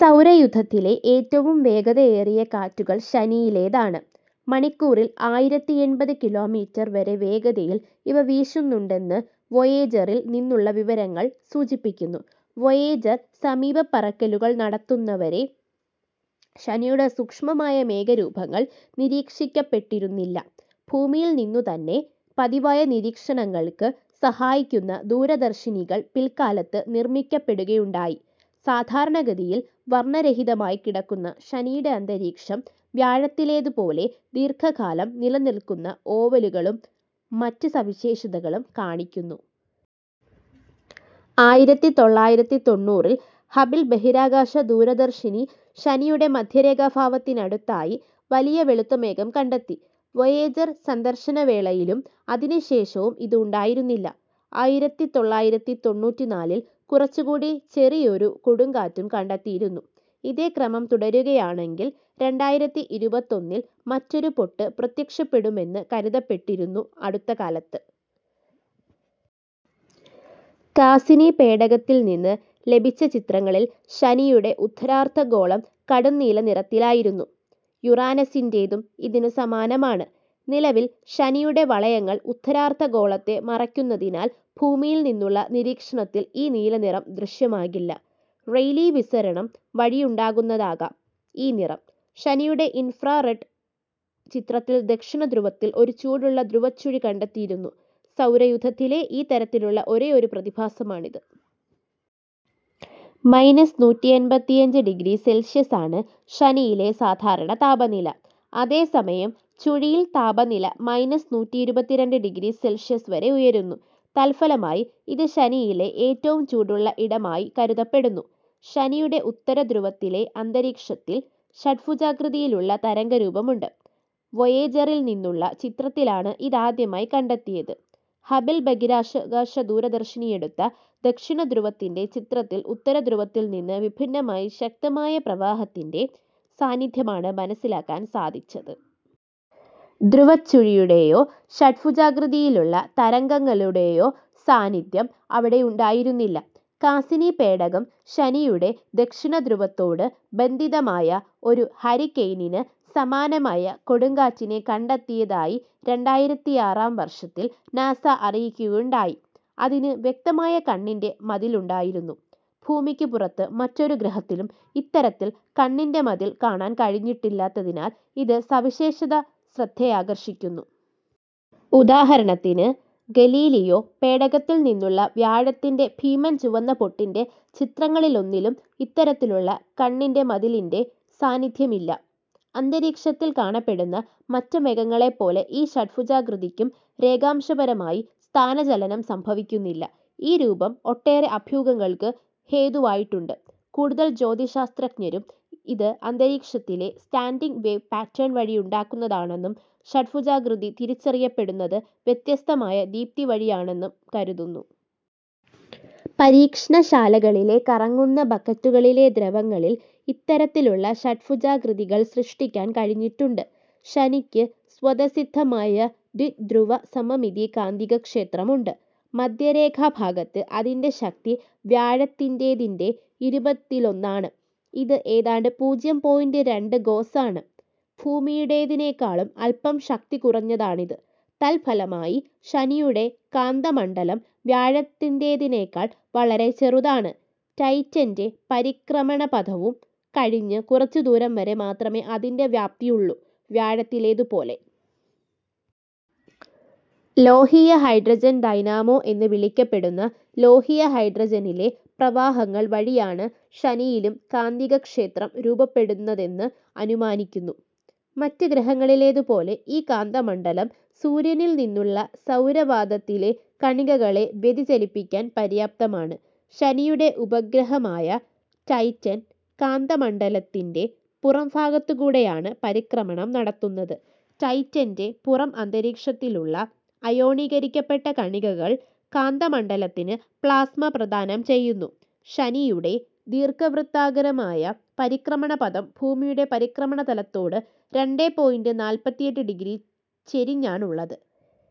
സൗരയൂഥത്തിലെ ഏറ്റവും വേഗതയേറിയ കാറ്റുകൾ ശനിയിലേതാണ്. മണിക്കൂറിൽ ആയിരത്തി എൺപത് കിലോമീറ്റർ വരെ വേഗതയിൽ ഇവ വീശുന്നുണ്ടെന്ന് വോയേജറിൽ നിന്നുള്ള വിവരങ്ങൾ സൂചിപ്പിക്കുന്നു. വോയേജർ സമീപപറക്കലുകൾ നടത്തുന്നതുവരെ ശനിയുടെ സൂക്ഷ്മമായ മേഘരൂപങ്ങൾ നിരീക്ഷിക്കപ്പെട്ടിരുന്നില്ല. ഭൂമിയിൽനിന്നുതന്നെ പതിവായ നിരീക്ഷണങ്ങൾക്ക് സഹായിക്കുന്ന ദൂരദർശിനികൾ പിൽക്കാലത്ത് നിർമ്മിക്കപ്പെടുകയുണ്ടായി. സാധാരണഗതിയിൽ വർണരഹിതമായി കിടക്കുന്ന ശനിയുടെ അന്തരീക്ഷം വ്യാഴത്തിലേതുപോലെ ദീർഘകാലം നിലനിൽക്കുന്ന ഓവലുകളും മറ്റ് സവിശേഷതകളും കാണിക്കുന്നു. ആയിരത്തി തൊള്ളായിരത്തി തൊണ്ണൂറിൽ ഹബിൾ ബഹിരാകാശ ദൂരദർശിനി ശനിയുടെ മധ്യരേഖാഭാഗത്തിനടുത്തായി വലിയ വെളുത്ത മേഘം കണ്ടെത്തി. വോയേജർ സന്ദർശനവേളയിലും അതിനുശേഷവും ഇത് ഉണ്ടായിരുന്നില്ല. ആയിരത്തി തൊള്ളായിരത്തി തൊണ്ണൂറ്റിനാലിൽ കുറച്ചുകൂടി ചെറിയൊരു കൊടുങ്കാറ്റും കണ്ടെത്തിയിരുന്നു. ഇതേ ക്രമം തുടരുകയാണെങ്കിൽ രണ്ടായിരത്തി ഇരുപത്തൊന്നിൽ മറ്റൊരു പൊട്ട് പ്രത്യക്ഷപ്പെടുമെന്ന് കരുതപ്പെട്ടിരുന്നു. അടുത്തകാലത്ത് കാസ്സിനി പേടകത്തിൽനിന്ന് ലഭിച്ച ചിത്രങ്ങളിൽ ശനിയുടെ ഉത്തരാർധഗോളം കടുംനീലനിറത്തിലായിരുന്നു. യുറാനസിന്റേതും ഇതിനു സമാനമാണ്. നിലവിൽ ശനിയുടെ വളയങ്ങൾ ഉത്തരാർധഗോളത്തെ മറയ്ക്കുന്നതിനാൽ ഭൂമിയിൽനിന്നുള്ള നിരീക്ഷണത്തിൽ ഈ നീലനിറം ദൃശ്യമാകില്ല. റെയ്ലീ വിസരണം വഴിയുണ്ടാകുന്നതാകാം ഈ നിറം. ശനിയുടെ ഇൻഫ്രാറെഡ് ചിത്രത്തിൽ ദക്ഷിണധ്രുവത്തിൽ ഒരു ചൂടുള്ള ധ്രുവച്ചുഴി കണ്ടെത്തിയിരുന്നു. സൗരയൂഥത്തിലെ ഈ തരത്തിലുള്ള ഒരേയൊരു പ്രതിഭാസമാണിത്. മൈനസ് നൂറ്റിയൻപത്തിയഞ്ച് ഡിഗ്രി സെൽഷ്യസാണ് ശനിയിലെ സാധാരണ താപനില. അതേസമയം ചുഴിയിൽ താപനില മൈനസ് നൂറ്റിയിരുപത്തിരണ്ട് ഡിഗ്രി സെൽഷ്യസ് വരെ ഉയരുന്നു. തത്ഫലമായി ഇത് ശനിയിലെ ഏറ്റവും ചൂടുള്ള ഇടമായി കരുതപ്പെടുന്നു. ശനിയുടെ ഉത്തരധ്രുവത്തിലെ അന്തരീക്ഷത്തിൽ ഷഡ്ഭുജാകൃതിയിലുള്ള തരംഗരൂപമുണ്ട്. വോയേജറിൽനിന്നുള്ള ചിത്രത്തിലാണ് ഇത് ആദ്യമായി കണ്ടെത്തിയത്. ഹബിൾ ബഹിരാകാശ ദൂരദർശിനിയെടുത്ത ദക്ഷിണധ്രുവത്തിൻ്റെ ചിത്രത്തിൽ ഉത്തരധ്രുവത്തിൽനിന്ന് വിഭിന്നമായി ശക്തമായ പ്രവാഹത്തിൻ്റെ സാന്നിധ്യമാണ് മനസ്സിലാക്കാൻ സാധിച്ചത്. ധ്രുവച്ചുഴിയുടെയോ ഷഡ്ഭുജാകൃതിയിലുള്ള തരംഗങ്ങളുടെയോ സാന്നിധ്യം അവിടെ ഉണ്ടായിരുന്നില്ല. കാസ്സിനി പേടകം ശനിയുടെ ദക്ഷിണധ്രുവത്തോട് ബന്ധിതമായ ഒരു ഹരിക്കെയ്നിന് സമാനമായ കൊടുങ്കാറ്റിനെ കണ്ടെത്തിയതായി രണ്ടായിരത്തി ആറാം വർഷത്തിൽ നാസ അറിയിക്കുകയുണ്ടായി. അതിന് വ്യക്തമായ കണ്ണിൻ്റെ മതിലുണ്ടായിരുന്നു. ഭൂമിക്കു പുറത്ത് മറ്റൊരു ഗ്രഹത്തിലും ഇത്തരത്തിൽ കണ്ണിൻ്റെ മതിൽ കാണാൻ കഴിഞ്ഞിട്ടില്ലാത്തതിനാൽ ഇത് സവിശേഷ ശ്രദ്ധയാകർഷിക്കുന്നു. ഉദാഹരണത്തിന് ഗലീലിയോ പേടകത്തിൽനിന്നുള്ള വ്യാഴത്തിൻ്റെ ഭീമൻ ചുവന്ന പൊട്ടിൻ്റെ ചിത്രങ്ങളിലൊന്നിലും ഇത്തരത്തിലുള്ള കണ്ണിൻ്റെ മതിലിൻ്റെ സാന്നിധ്യമില്ല. അന്തരീക്ഷത്തിൽ കാണപ്പെടുന്ന മറ്റ് മേഘങ്ങളെപ്പോലെ ഈ ഷഡ്ഭുജാകൃതിക്കും രേഖാംശപരമായി സ്ഥാനചലനം സംഭവിക്കുന്നില്ല. ഈ രൂപം ഒട്ടേറെ അഭ്യൂഹങ്ങൾക്ക് ഹേതുവായിട്ടുണ്ട്. കൂടുതൽ ജ്യോതിശാസ്ത്രജ്ഞരും ഇത് അന്തരീക്ഷത്തിലെ സ്റ്റാൻഡിങ് വേവ് പാറ്റേൺ വഴിയുണ്ടാകുന്നതാണെന്നും ഷഡ്ഭുജാകൃതി തിരിച്ചറിയപ്പെടുന്നത് വ്യത്യസ്തമായ ദീപ്തി വഴിയാണെന്നും കരുതുന്നു. പരീക്ഷണശാലകളിലെ കറങ്ങുന്ന ബക്കറ്റുകളിലെ ദ്രവങ്ങളിൽ ഇത്തരത്തിലുള്ള ഷഡ്ഭുജാകൃതികൾ സൃഷ്ടിക്കാൻ കഴിഞ്ഞിട്ടുണ്ട്. ശനിക്ക് സ്വതസിദ്ധമായ ദ്വിധ്രുവസമമിതി കാന്തികക്ഷേത്രമുണ്ട്. മധ്യരേഖാഭാഗത്ത് അതിൻ്റെ ശക്തി വ്യാഴത്തിന്റേതിൻ്റെ ഇരുപതിലൊന്നാണ്. ഇത് ഏതാണ്ട് പൂജ്യം പോയിന്റ് രണ്ട് ഗോസാണ്. ഭൂമിയുടേതിനേക്കാളും അല്പം ശക്തി കുറഞ്ഞതാണിത്. തത്ഫലമായി ശനിയുടെ കാന്തമണ്ഡലം വ്യാഴത്തിന്റേതിനേക്കാൾ വളരെ ചെറുതാണ്. ടൈറ്റൻ്റെ പരിക്രമണപഥവും കഴിഞ്ഞ് കുറച്ചുദൂരം വരെ മാത്രമേ അതിൻ്റെ വ്യാപ്തിയുള്ളൂ. വ്യാഴത്തിലേതുപോലെ ലോഹീയ ഹൈഡ്രജൻ ഡൈനാമോ എന്ന് വിളിക്കപ്പെടുന്ന ലോഹീയ ഹൈഡ്രജനിലെ പ്രവാഹങ്ങൾ വഴിയാണ് ശനിയിലും കാന്തികക്ഷേത്രം രൂപപ്പെടുന്നതെന്ന് അനുമാനിക്കുന്നു. മറ്റ് ഗ്രഹങ്ങളിലേതുപോലെ ഈ കാന്തമണ്ഡലം സൂര്യനിൽനിന്നുള്ള സൗരവാതത്തിലെ കണികകളെ വ്യതിചലിപ്പിക്കാൻ പര്യാപ്തമാണ്. ശനിയുടെ ഉപഗ്രഹമായ ടൈറ്റൻ കാന്തമണ്ഡലത്തിൻ്റെ പുറംഭാഗത്തുകൂടെയാണ് പരിക്രമണം നടത്തുന്നത്. ടൈറ്റൻ്റെ പുറം അന്തരീക്ഷത്തിലുള്ള അയോണീകരിക്കപ്പെട്ട കണികകൾ കാന്തമണ്ഡലത്തിന് പ്ലാസ്മ പ്രദാനം ചെയ്യുന്നു. ശനിയുടെ ദീർഘവൃത്താകാരമായ പരിക്രമണപഥം ഭൂമിയുടെ പരിക്രമണതലത്തോട് രണ്ടെ പോയിന്റ് നാൽപ്പത്തിയെട്ട് ഡിഗ്രി ചെരിഞ്ഞാണുള്ളത്.